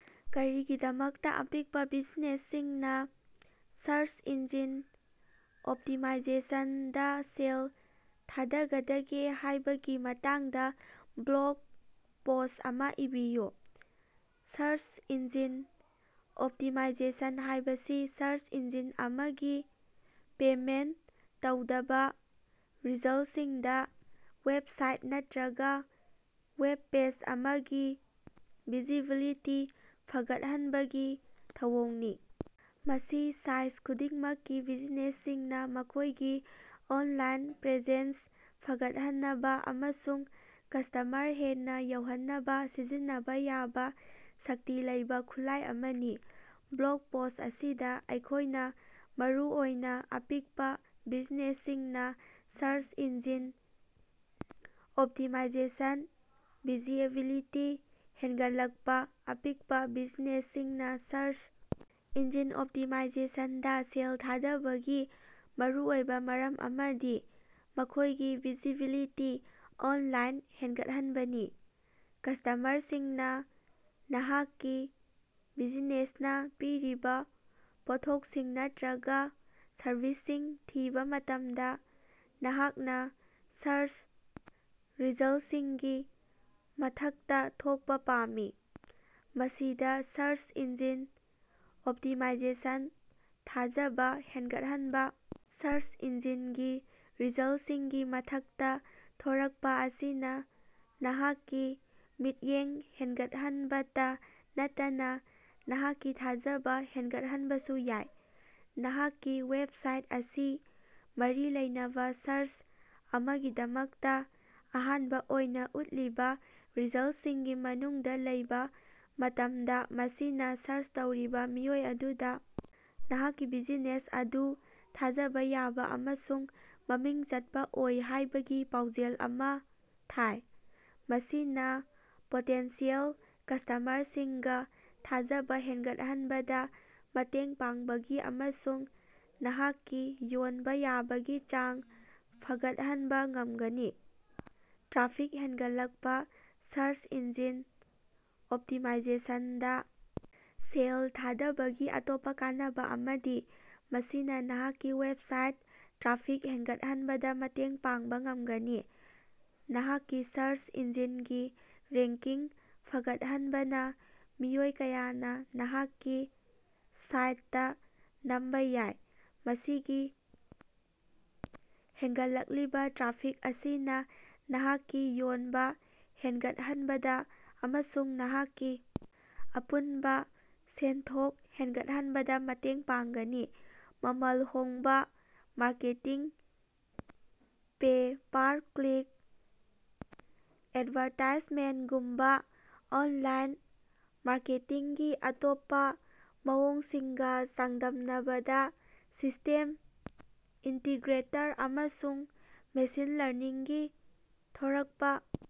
ꯀꯔꯤꯒꯤꯗꯃꯛꯇ ꯑꯄꯤꯛꯄ ꯕꯤꯖꯤꯅꯦꯁꯁꯤꯡꯅ ꯁ꯭ꯔꯆ ꯏꯟꯖꯤꯟ ꯑꯣꯞꯇꯤꯃꯥꯏꯖꯦꯁꯟ ꯗꯥ ꯁꯦꯜ ꯊꯥꯗꯒꯗꯒꯦ ꯍꯥꯢꯕꯒꯤ ꯃꯇꯥꯡꯗ ꯕ꯭ꯂꯣꯒ ꯄꯣꯁ꯭ꯠ ꯑꯃꯥ ꯏꯕꯤꯌꯨ꯫ ꯁ꯭ꯔꯆ ꯏꯟꯖꯤꯟ ꯑꯣꯞꯇꯤꯃꯥꯏꯖꯦꯁꯟ ꯍꯥꯢꯕꯁꯤ ꯁ꯭ꯔꯆ ꯏꯟꯖꯤꯟ ꯑꯃꯒꯤ ꯄꯦꯃꯦꯟꯇ ꯇꯧꯗꯕ ꯔꯤꯖꯜꯇꯁꯤꯡꯗ ꯋꯦꯕꯁꯥꯏꯠ ꯅꯠꯇ꯭ꯔꯒ ꯋꯦꯕ ꯄꯦꯖ ꯑꯃꯒꯤ ꯚꯤꯖꯤꯕꯤꯂꯤꯇꯤ ꯐꯒꯠꯍꯟꯕꯒꯤ ꯊꯧꯑꯣꯡꯅꯤ꯫ ꯃꯁꯤ ꯁꯥꯏꯖ ꯈꯨꯗꯤꯡꯃꯛꯀꯤ ꯕꯤꯖꯤꯅꯦꯁꯁꯤꯡꯅ ꯃꯈꯣꯢꯒꯤ ꯑꯣꯟꯂꯥꯏꯟ ꯄ꯭ꯔꯦꯖꯦꯟꯁ ꯐꯒꯠꯍꯟꯅꯕ ꯑꯃꯁꯨꯡ ꯀꯁꯇꯃꯔ ꯍꯦꯟꯅ ꯌꯧꯍꯟꯅꯕ ꯁꯤꯖꯤꯟꯅꯕ ꯌꯥꯕ ꯁꯛꯇꯤ ꯂꯩꯕ ꯈꯨꯠꯂꯥꯢ ꯑꯃꯅꯤ꯫ ꯕ꯭ꯂꯣꯒ ꯄꯣꯁ꯭ꯠ ꯑꯁꯤꯗ ꯑꯩꯈꯣꯢꯅ ꯃꯔꯨꯑꯣꯏꯅ ꯑꯄꯤꯛꯄ ꯕꯤꯖꯤꯅꯦꯁꯁꯤꯡꯅ ꯁ꯭ꯔꯆ ꯏꯟꯖꯤꯟ ꯑꯣꯞꯇꯤꯃꯥꯏꯖꯦꯁꯟ ꯚꯤꯖꯤꯕꯤꯂꯤꯇꯤ ꯍꯦꯟꯒꯠꯂꯛꯄ ꯑꯄꯤꯛꯄ ꯕꯤꯖꯤꯅꯦꯁꯁꯤꯡꯅ ꯁ꯭ꯔꯆ ꯏꯟꯖꯤꯟ ꯑꯣꯞꯇꯤꯃꯥꯏꯖꯦꯁꯟ ꯗ ꯁꯦꯜ ꯊꯥꯗꯕꯒꯤ ꯃꯔꯨꯑꯣꯏꯕ ꯃꯔꯝ ꯑꯃꯗꯤ ꯃꯈꯣꯢꯒꯤ ꯚꯤꯖꯤꯕꯤꯂꯤꯇꯤ ꯑꯣꯟꯂꯥꯏꯟꯗ ꯍꯦꯟꯒꯠꯍꯟꯕꯅꯤ꯫ ꯀꯁꯇꯃꯔꯁꯤꯡꯅ ꯅꯍꯥꯛꯀꯤ ꯕꯤꯖꯤꯅꯦꯁꯅꯥ ꯄꯤꯔꯤꯕ ꯄꯣꯠꯊꯣꯛꯁꯤꯡ ꯅꯠꯇ꯭ꯔꯒ ꯁꯔꯚꯤꯁꯁꯤꯡ ꯊꯤꯕ ꯃꯇꯝꯗ ꯅꯍꯥꯛꯅ ꯁ꯭ꯔꯁ ꯔꯤꯖꯜꯇꯁꯤꯡꯒꯤ ꯃꯊꯛꯇ ꯊꯣꯛꯄ ꯄꯥꯝꯃꯤ꯫ ꯃꯁꯤꯗ ꯁ꯭ꯔꯁ ꯏꯟꯖꯤꯟ ꯑꯣꯞꯇꯤꯃꯥꯏꯖꯦꯁꯟ ꯊꯥꯖꯕ ꯍꯦꯟꯒꯠꯍꯟꯕ ꯁꯔꯆ ꯏꯟꯖꯤꯟꯒꯤ ꯔꯤꯖꯜꯇꯁꯤꯡꯒꯤ ꯃꯊꯛꯇ ꯊꯣꯔꯛꯄꯥ ꯑꯁꯤꯅ ꯅꯍꯥꯛꯀꯤ ꯃꯤꯠꯌꯦꯡ ꯍꯦꯟꯒꯠꯍꯟꯕꯇꯥ ꯅꯠꯇꯅ ꯅꯍꯥꯛꯀꯤ ꯊꯥꯖꯕ ꯍꯦꯟꯒꯠꯍꯟꯕꯁꯨ ꯌꯥꯏ꯫ ꯅꯍꯥꯛꯀꯤ ꯋꯦꯕꯁꯥꯏꯠ ꯑꯁꯤ ꯃꯔꯤ ꯂꯩꯅꯕ ꯁ꯭ꯔꯆ ꯑꯃꯒꯤꯗꯃꯛꯇ ꯑꯍꯥꯟꯕ ꯑꯣꯏꯅ ꯎꯠꯂꯤꯕ ꯔꯤꯖꯜꯇꯁꯤꯡꯒꯤ ꯃꯅꯨꯡꯗ ꯂꯩꯕ ꯃꯇꯝꯗ ꯃꯁꯤꯅ ꯁ꯭ꯔꯆ ꯇꯧꯔꯤꯕ ꯃꯤꯑꯣꯏ ꯑꯗꯨꯗ ꯅꯍꯥꯛꯀꯤ ꯕꯤꯖꯤꯅꯦꯁ ꯑꯗꯨ ꯊꯥꯖꯕ ꯌꯥꯕ ꯑꯃꯁꯨꯡ ꯃꯃꯤꯡ ꯆꯠꯄ ꯑꯣꯏ ꯍꯥꯢꯕꯒꯤ ꯄꯥꯎꯖꯦꯜ ꯑꯃ ꯊꯥꯏ꯫ ꯃꯁꯤꯅ ꯄꯣꯇꯦꯟꯁꯤꯌꯦꯜ ꯀꯁꯇꯃꯔꯁꯤꯡꯒ ꯊꯥꯖꯕ ꯍꯦꯟꯒꯠꯍꯟꯕꯗ ꯃꯇꯦꯡ ꯄꯥꯡꯒꯅꯤ ꯑꯃꯁꯨꯡ ꯅꯍꯥꯛꯀꯤ ꯌꯣꯟꯕ ꯌꯥꯕꯒꯤ ꯆꯥꯡ ꯐꯒꯠꯍꯟꯕ ꯉꯝꯒꯅꯤ꯫ ꯇ꯭ꯔꯥꯐꯤꯛ ꯍꯦꯟꯒꯠꯂꯛꯄ ꯁ꯭ꯔꯁ ꯏꯟꯖꯤꯟ ꯑꯣꯞꯇꯤꯃꯥꯏꯖꯦꯁꯟ ꯗꯥ ꯁꯦꯜ ꯊꯥꯗꯕꯒꯤ ꯑꯇꯣꯞꯄ ꯀꯥꯟꯅꯕ ꯑꯃꯗꯤ ꯃꯁꯤꯅ ꯅꯍꯥꯛꯀꯤ ꯋꯦꯕꯁꯥꯏꯠꯇ ꯇ꯭ꯔꯥꯐꯤꯛ ꯍꯦꯟꯒꯠꯍꯟꯕꯗ ꯃꯇꯦꯡ ꯄꯥꯡꯕ ꯉꯝꯒꯅꯤ꯫ ꯅꯍꯥꯛꯀꯤ ꯁ꯭ꯔꯆ ꯏꯟꯖꯤꯟꯒꯤ ꯔꯦꯡꯀꯤꯡ ꯐꯒꯠꯍꯟꯕꯅ ꯃꯤꯑꯣꯏ ꯀꯌꯥꯅ ꯅꯍꯥꯛꯀꯤ ꯁꯥꯏꯇꯇꯥ ꯅꯝꯕ ꯌꯥꯏ꯫ ꯃꯁꯤꯒꯤ ꯍꯦꯟꯒꯠꯂꯛꯂꯤꯕ ꯇ꯭ꯔꯥꯐꯤꯛ ꯑꯁꯤꯅ ꯅꯍꯥꯛꯀꯤ ꯌꯣꯟꯕ ꯍꯦꯟꯒꯠꯍꯟꯕꯗ ꯑꯃꯁꯨꯡ ꯅꯍꯥꯛꯀꯤ ꯑꯄꯨꯟꯕ ꯁꯦꯟꯊꯣꯛ ꯍꯦꯟꯒꯠꯍꯟꯕꯗ ꯃꯇꯦꯡ ꯄꯥꯡꯒꯅꯤ꯫ ꯃꯃꯜ ꯍꯣꯡꯕ ꯃꯥꯔꯀꯦꯇꯤꯡ ꯄꯦ-ꯄꯥꯔ-ꯀ꯭ꯂꯤꯛ ꯑꯦꯗꯚꯥꯔꯇꯥꯏꯖꯃꯦꯟꯇꯒꯨꯝꯕ ꯑꯣꯟꯂꯥꯏꯟ ꯃꯥꯔꯀꯦꯇꯤꯡꯒꯤ ꯑꯇꯣꯞꯄ ꯃꯑꯣꯡꯁꯤꯡꯒ ꯆꯥꯡꯗꯝꯅꯕꯗ ꯁꯤꯁꯇꯦꯝ ꯏꯟꯇꯤꯒ꯭ꯔꯦꯇꯔ ꯑꯃꯁꯨꯡ ꯃꯦꯁꯤꯟ ꯂꯔꯅꯤꯡꯒꯤ ꯊꯣꯔꯛꯄ꯫